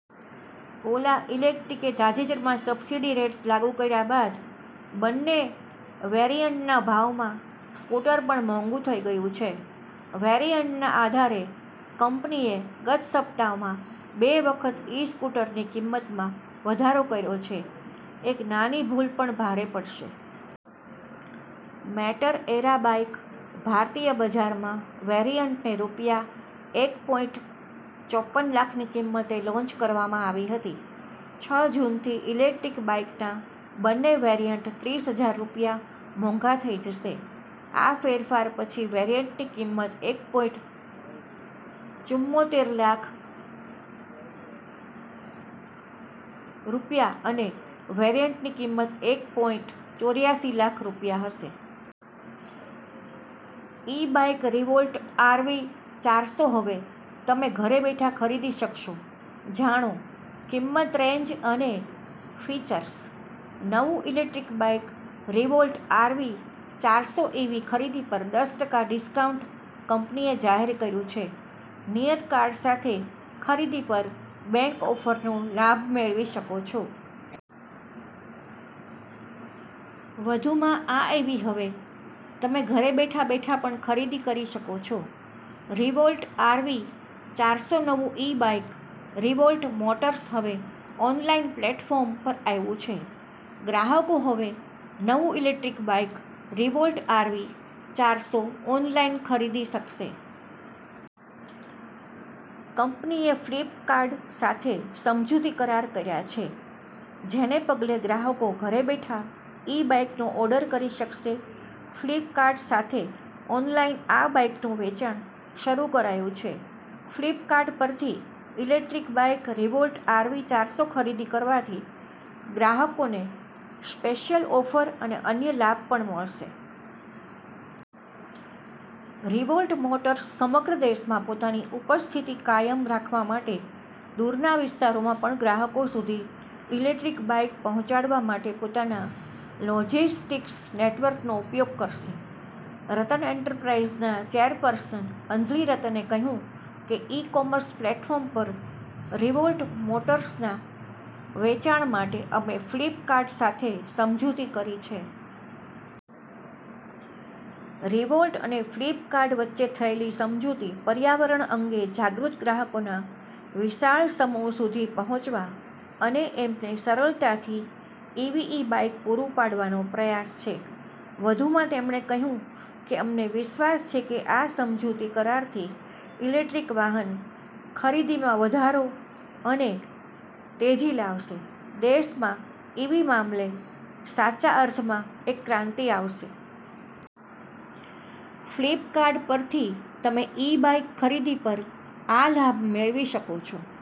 ઓલા ઈલેક્ટ્રિકે તાજેતરના subsidy rate લાગુ કર્યા બાદ બંને વેરિઅન્ટના ભાવમાં સ્કૂટર પણ મોંઘુ થઈ ગયું છે. વેરિઅન્ટના આધારે, કંપનીએ ગત સપ્તાહમાં બે વખત ઈ-સ્કૂટરની કિંમતમાં વધારો કર્યો છે. એક નાની ભૂલ પણ ભારે પડશે. મેટર એરા બાઇક ભારતીય બજારમાં વેરિયન્ટને રૂપિયા એક પોઈંટ ચોપન લાખની કિંમતે લોન્ચ કરવામાં આવી હતી. છ જૂનથી ઇલેક્ટ્રિક બાઇકના બંને વેરિઅન્ટ ત્રીસ હજાર રૂપિયા મોંઘા થઈ જશે. આ ફેરફાર પછી, વેરિયન્ટની કિંમત એક પોઈંટ ચુંમોતેર લાખ રૂપિયા અને વેરિયન્ટની કિંમત એક પોઈંટ ચોર્યાસી લાખ રૂપિયા હશે. ઇ બાઇક રિવોલ્ટ આરવી ચારસો હવે તમે ઘરે બેઠા ખરીદી શકશો, જાણો કિંમત રેન્જ અને ફિચર્સ. નવું ઇલેકટ્રીક બાઇક રિવોલ્ટ આરવી ચારસો ઇવી ખરીદી પર દસ ટકા ડિસ્કાઉન્ટ કંપનીએ જાહેર કર્યું છે. નિયત કાર્ડ સાથે ખરીદી પર બેંક ઓફરનો લાભ મેળવી શકો છો. વધુમાં આ ઇવી હવે તમે ઘરે બેઠા બેઠા પણ ખરીદી કરી શકો છો. રિવોલ્ટ આરવી ચારસો નવું ઇ બાઇક રિવોલ્ટ મોટર્સ હવે ઓનલાઇન પ્લેટફોર્મ પર આવ્યું છે. ગ્રાહકો હવે નવું ઇલેકટ્રીક બાઇક રિવોલ્ટ આરવી ચારસો ઓનલાઇન ખરીદી શકશે. કંપનીએ ફ્લિપકાર્ટ સાથે સમજૂતી કરાર કર્યા છે જેને પગલે ગ્રાહકો ઘરે બેઠા ઇ બાઇકનો ઓર્ડર કરી શકશે. ફ્લિપકાર્ટ સાથે ઓનલાઇન આ બાઇકનું વેચાણ શરૂ કરાયું છે. ફ્લિપકાર્ટ પરથી ઇલેકટ્રિક બાઇક રિવોલ્ટ આરવી ચારસો ખરીદી કરવાથી ગ્રાહકોને સ્પેશિયલ ઓફર અને અન્ય લાભ પણ મળશે. રિવોલ્ટ મોર્ટસ સમગ્ર દેશમાં પોતાની ઉપસ્થિતિ કાયમ રાખવા માટે દૂરના વિસ્તારોમાં પણ ગ્રાહકો સુધી ઇલેકટ્રિક બાઇક પહોંચાડવા માટે પોતાના લોજિસ્ટિકસ નેટવર્કનો ઉપયોગ કરશે. રતન એન્ટરપ્રાઇસના ચેરપર્સન અંજલિ રતને કહ્યું કે, ઇ-કોમર્સ પ્લેટફોર્મ પર રિવોલ્ટ મોટર્સના વેચાણ માટે અમે ફ્લિપકાર્ટ સાથે સમજૂતી કરી છે. રિવોલ્ટ અને ફ્લિપકાર્ટ વચ્ચે થયેલી સમજૂતી પર્યાવરણ અંગે જાગૃત ગ્રાહકોના વિશાળ સમૂહ સુધી પહોંચવા અને એમને સરળતાથી ઇવી ઇ બાઇક પુરૂ પાડવાનો પ્રયાસ છે. વધુમાં તેમણે કહ્યું કે, અમને વિશ્વાસ છે કે આ સમજૂતી કરારથી ઇલેકટ્રિક વાહન ખરીદીમાં વધારો અને તેજી લાવશે અને દેશમાં ઇવી મામલે સાચા અર્થમાં એક ક્રાંતિ આવશે. ફ્લિપકાર્ટ પરથી તમે ઇ બાઇક ખરીદી પર આ લાભ મેળવી શકો છો.